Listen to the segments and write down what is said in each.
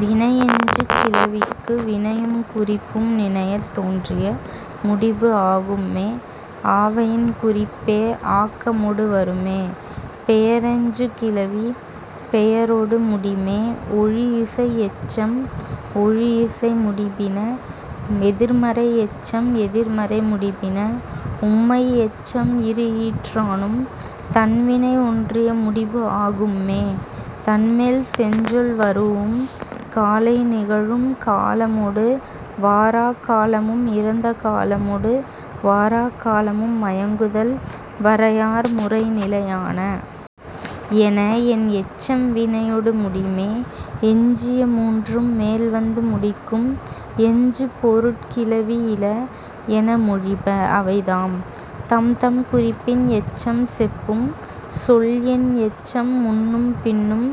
வினையெஞ்சுகிளவிக்கு வினையும் குறிப்பும் நினையத் தோன்றிய முடிபு ஆகும்மே ஆவயின் குறிப்பே ஆக்கமொடு வருமே. பெயரெஞ்சுகிளவி பெயரொடு முடிமே. ஒழியிசை எச்சம் ஒழியிசை முடிபின. எதிர்மறை எச்சம் எதிர்மறை முடிபின. உம்மை எச்சம் இரு ஈற்றானும் தன் வினை ஒன்றிய முடிபு ஆகும்மே. தன்மேல் செஞ்சொல் வரூஉம் காலை நிகழும் காலமொடு வாராக் காலமும் இறந்த காலமொடு வாராக் காலமும் மயங்குதல் வரையார் முறைநிலையான. என என் எச்சம் வினையொடு முடிமே. எஞ்சிய மூன்றும் மேல் வந்து முடிக்கும் எஞ்சு பொருட் கிளவி இல என மொழிப. அவைதாம், தம்தம் குறிப்பின் எச்சம் செப்பும். சொல் என் எச்சம் முன்னும் பின்னும்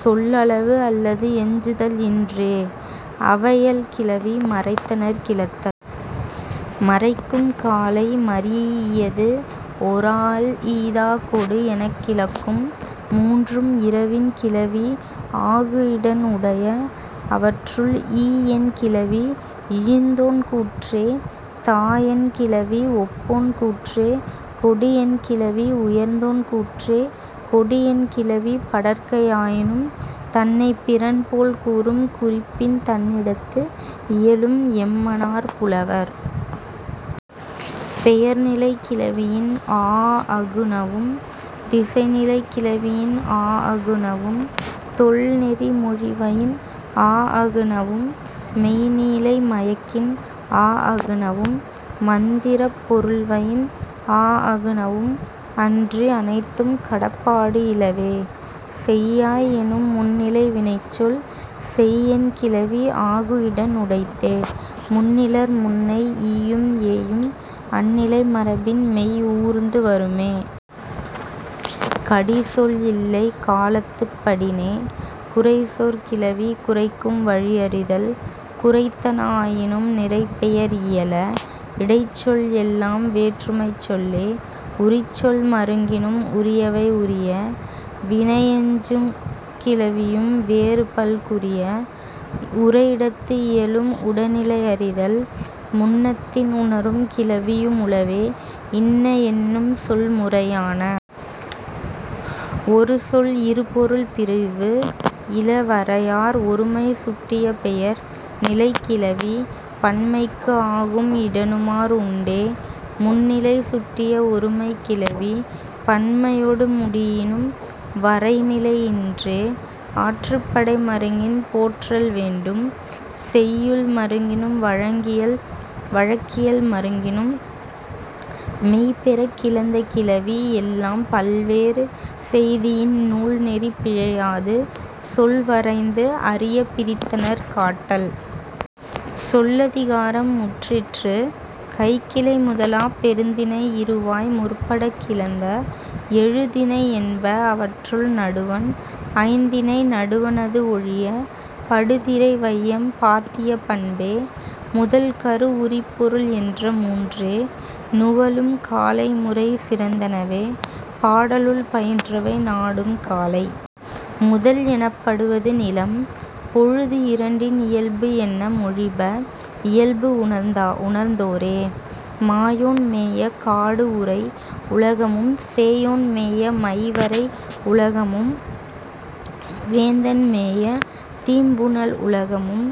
சொல் அளவு அல்லது எஞ்சுதல் இன்றே. அவையல் கிளவி மறைத்தனர் கிளத்தல். மறைக்கும் காலை மரீஇயது ஒராஅல். ஈ தா கொடு எனக் கிளக்கும் மூன்றும் இரவின் கிளவி ஆகு இடன் உடைய. அவற்றுள், ஈ என் கிளவி இழிந்தோன் கூற்றே. தா என் கிளவி ஒப்போன் கூற்றே. கொடு என் கிளவி உயர்ந்தோன் கூற்றே. கொடு என் கிளவி படர்க்கை ஆயினும் தன்னைப் பிறன் போல் கூறும் குறிப்பின் தன்னிடத்து இயலும் என்மனார் புலவர். பெயர்நிலைக் கிளவியின் ஆஅகுநவும் திசைநிலை கிளவியின் ஆஅகுநவும் தொல் நெறி மொழிவயின் ஆஅகுநவும் மெய்ந் நிலை மயக்கின் ஆஅகுநவும் மந்திரப் பொருள்வயின் ஆஅகுநவும் அன்றி அனைத்தும் கடப்பாடு இலவே. செய்யாய் என்னும் முன்னிலை வினைச்சொல் செய் என் கிளவி ஆகு இடன் உடைத்தே. முன்னிலை முன்னர் ஈயும் ஏயும் அந் நிலை மரபின் மெய் ஊர்ந்து வருமே. கடி சொல் இல்லை காலத்துப் படினே. குறைச்சொற் கிளவி குறைக்கும் வழி அறிதல். குறைத்தன ஆயினும் நிறைப் பெயர் இயல. இடைச்சொல் எல்லாம் வேற்றுமைச் சொல்லே. உரிச்சொல் மருங்கினும் உரியவை உரிய. வினையெஞ்சுகிளவியும் வேறு பல் குறிய. உரையிடத்து இயலும் உடனிலை அறிதல். முன்னத்தின் உணரும் கிளவியும் உளவே இன்ன என்னும் சொல் முறையான. ஒரு சொல் இரு பொருள் பிரிவு இல வரையார். ஒருமை சுட்டிய பெயர் நிலைக் கிளவி பன்மைக்கு ஆகும் இடனுமார் உண்டே. முன்னிலை சுட்டிய ஒருமைக் கிளவி பன்மையொடு முடியினும் வரை நிலை இன்றே ஆற்றுப்படை மருங்கின் போற்றல் வேண்டும். செய்யுள் மருங்கினும் வழக்கியல் மருங்கினும் மெய் பெறக் கிளந்த கிளவி எல்லாம் பல் வேறு செய்தியின் நூல் நெறி பிழையாது சொல் வரைந்து அறிய பிரித்தனர் காட்டல். சொல்லதிகாரம் முற்றிற்று கைக்கிளை முதலாப் பெருந்திணை இறுவாய் முற்படக் கிளந்த எழு திணை என்ப. அவற்றுள், நடுவண் ஐந்திணை நடுவணது ஒழிய படு திரை வையம் பாத்திய பண்பே. முதல் கரு உரிப்பொருள் என்ற மூன்றே நுவலும் காலை முறை சிறந்தனவே பாடலுள் பயின்றவை நாடும் காலை. முதல் எனப்படுவது நிலம் பொழுது இரண்டின் இயல்பு என மொழிப இயல்பு உணர்ந்தோரே. மாயோன் மேய காடு உறை உலகமும் சேயோன் மேய மை வரை உலகமும் வேந்தன் மேய தீம் புனல் உலகமும்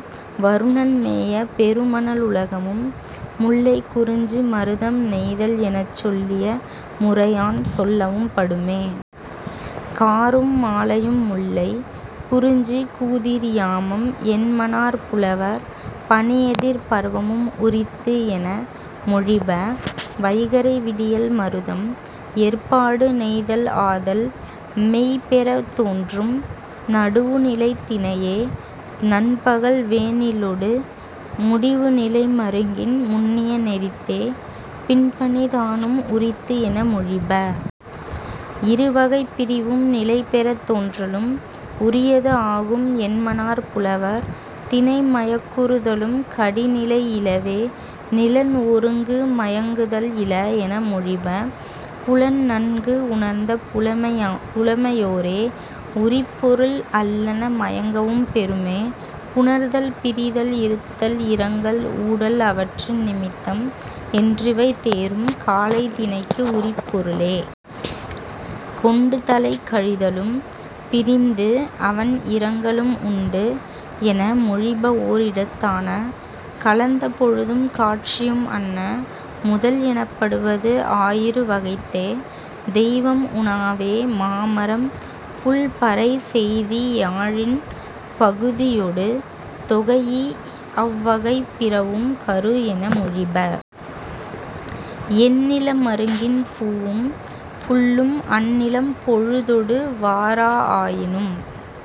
வருணன் மேய பெரு மணல் உலகமும் முல்லை குறிஞ்சி மருதம் நெய்தல் எனச் சொல்லிய முறையான் சொல்லவும் படுமே. காரும் மாலையும் முல்லை. குறிஞ்சி, கூதிர் யாமம் என்மனார் புலவர். பனி எதிர் பருவமும் உரித்து என மொழிப. வைகறை விடியல் மருதம். எற்பாடு, நெய்தல் ஆதல் மெய் பெறத் தோன்றும். நடுவுநிலைத் திணையே நண்பகல் வேனிலொடு முடிவு நிலை மருங்கின் முன்னிய நெறித்தே. பின்பனிதானும் உரித்து என மொழிப. இரு வகைப் பிரிவும் நிலை பெறத் தோன்றலும் உரியது ஆகும் என்மனார் புலவர். திணை மயக்குறுதலும் கடி நிலை இலவே நிலன் ஒருங்கு மயங்குதல் இல என மொழிப புலன் நன்கு உணர்ந்த புலமையோரே. உரிப்பொருள் அல்லன மயங்கவும் பெறுமே. புணர்தல் பிரிதல் இருத்தல் இரங்கல் ஊடல் அவற்றின் நிமித்தம் என்றிவை தேரும் காலை திணைக்கு உரிப்பொருளே. கொண்டு தலைக்கழிதலும் பிரிந்து அவண் இரங்கலும் உண்டு என மொழிப ஓர் இடத்தான. கலந்த பொழுதும் காட்சியும் அன்ன. முதல் எனப்படுவது ஆயிரு வகைத்தே. தெய்வம் உணாவே மா மரம் புள் பறை செய்தி யாழின் பகுதியொடு தொகைஇ அவ் வகை பிறவும் கரு என மொழிப. எந் நில மருங்கின் பூவும் புள்ளும் அந் நிலம் பொழுதொடு வாரா ஆயினும்।